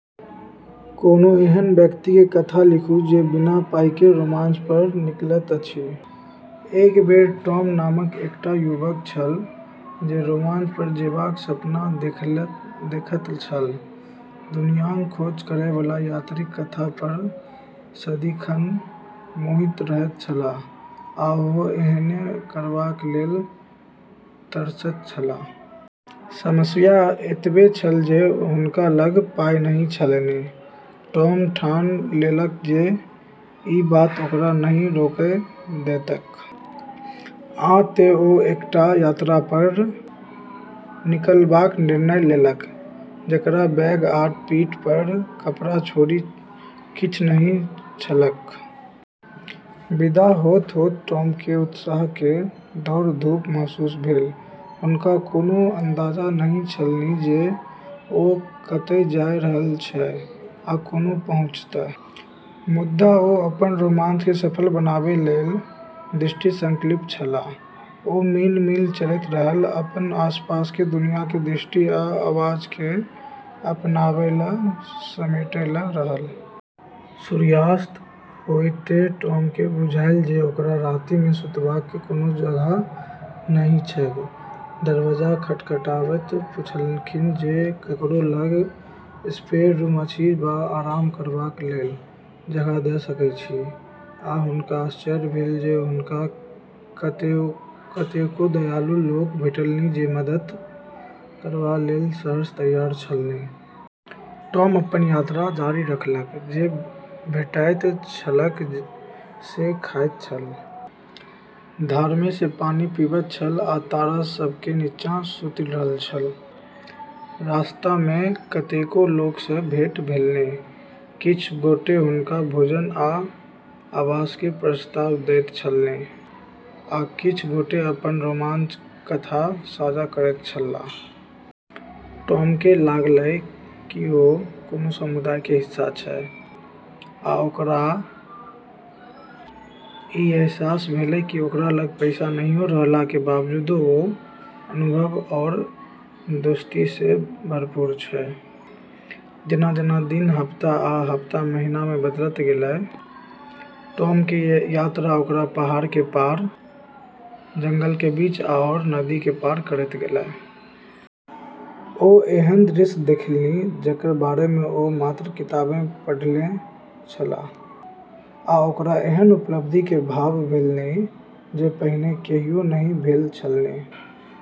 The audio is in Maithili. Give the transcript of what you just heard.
कोनो एहन व्यक्तिक कथा लिखू जे बिना पाइक रोमांच पर निकलैत अछि। एक बेर टॉम नामक एकटा युवक छल, जे रोमांच पर जेबाक सपना देखैत छल। दुनियाँक खोज करैबला यात्रीक कथा पर सदिखन मोहित रहैत छलाह, आ ओहो एहने करबाक लेल तरसैत छलाह। समस्या एतबे छल जे हुनका लग पाइ नहि छलनि। टॉम ठान लेलक जे ई बात ओकरा नहि रोकै देतैक, आ तेँ ओ एकटा यात्रा पर निकलबाक निर्णय लेलक जकरा बैग आ पीठ पर कपड़ा छोड़ि किछ नहि छलैक। विदा होइत-होइत टॉमकेँ उत्साहक दौड़-धूप महसूस भेल। हुनका कोनो अंदाजा नहि छलनि जे ओ कतय जा रहल छथि आ कोना पहुँचत, मुदा ओ अपन रोमांचके सफल बनेबाक लेल दृढ़ संकल्पित छलाह। ओ मील-मील चलैत रहल, अपन आसपासक दुनियाँक दृश्य आ आवाजकेँ अपनामे समेटैत रहल। सूर्यास्त होइते टॉमकेँ बुझायल जे ओकरा रातिमे सुतबाक कोनो जगह नहि छैक। दरबज्जा खटखटबैत पुछलखिन जे ककरो लग स्पेयर रूम अछि वा आराम करबाक लेल जगह द' सकैत अछि, आ हुनका आश्चर्य भेल जे हुनका कतेको दयालु लोक भेटलनि जे मदद करबा लेल सहर्ष तैयार छलनि । टॉम अपन यात्रा जारी रखलक, जे भेटैत छलैक से खाइत छल, धारमे सँ पानि पीबैत छल आ तारा सभक निच्चाँ सुति रहल छल। रास्तामे कतेको लोक सँ भेँट भेलनि, किछ गोटे हुनका भोजन आ आवासक प्रस्ताव दैत छलनि, आ किछ गोटे अपन-अपन रोमांचक कथा साझा करैत छलाह। टॉमके लागलै किओ कोनो समुदायके हिस्सा छै, आरो ओकरा ई अहसास भेलै कि ओकरा लग पैसा नै रहलाके बावजूद ओ अनुभव आरो दोस्तीसँ भरपूर छै। जेना-जेना दिन हफ्ता आ हफ्ता महीनामे बदलैत गेलै, टॉमके यात्रा ओकरा पहाड़के पार, जंगलके बीच आओर नदीके पार करैत गेलै। ओ एहन दृश्य देखलनि जकर बारेमे ओ मात्र किताबमे पढ़ने छलाह, आ हुनका एहन उपलब्धिक भाव भेलनि जे पहिने कहियो नहि भेल छलनि।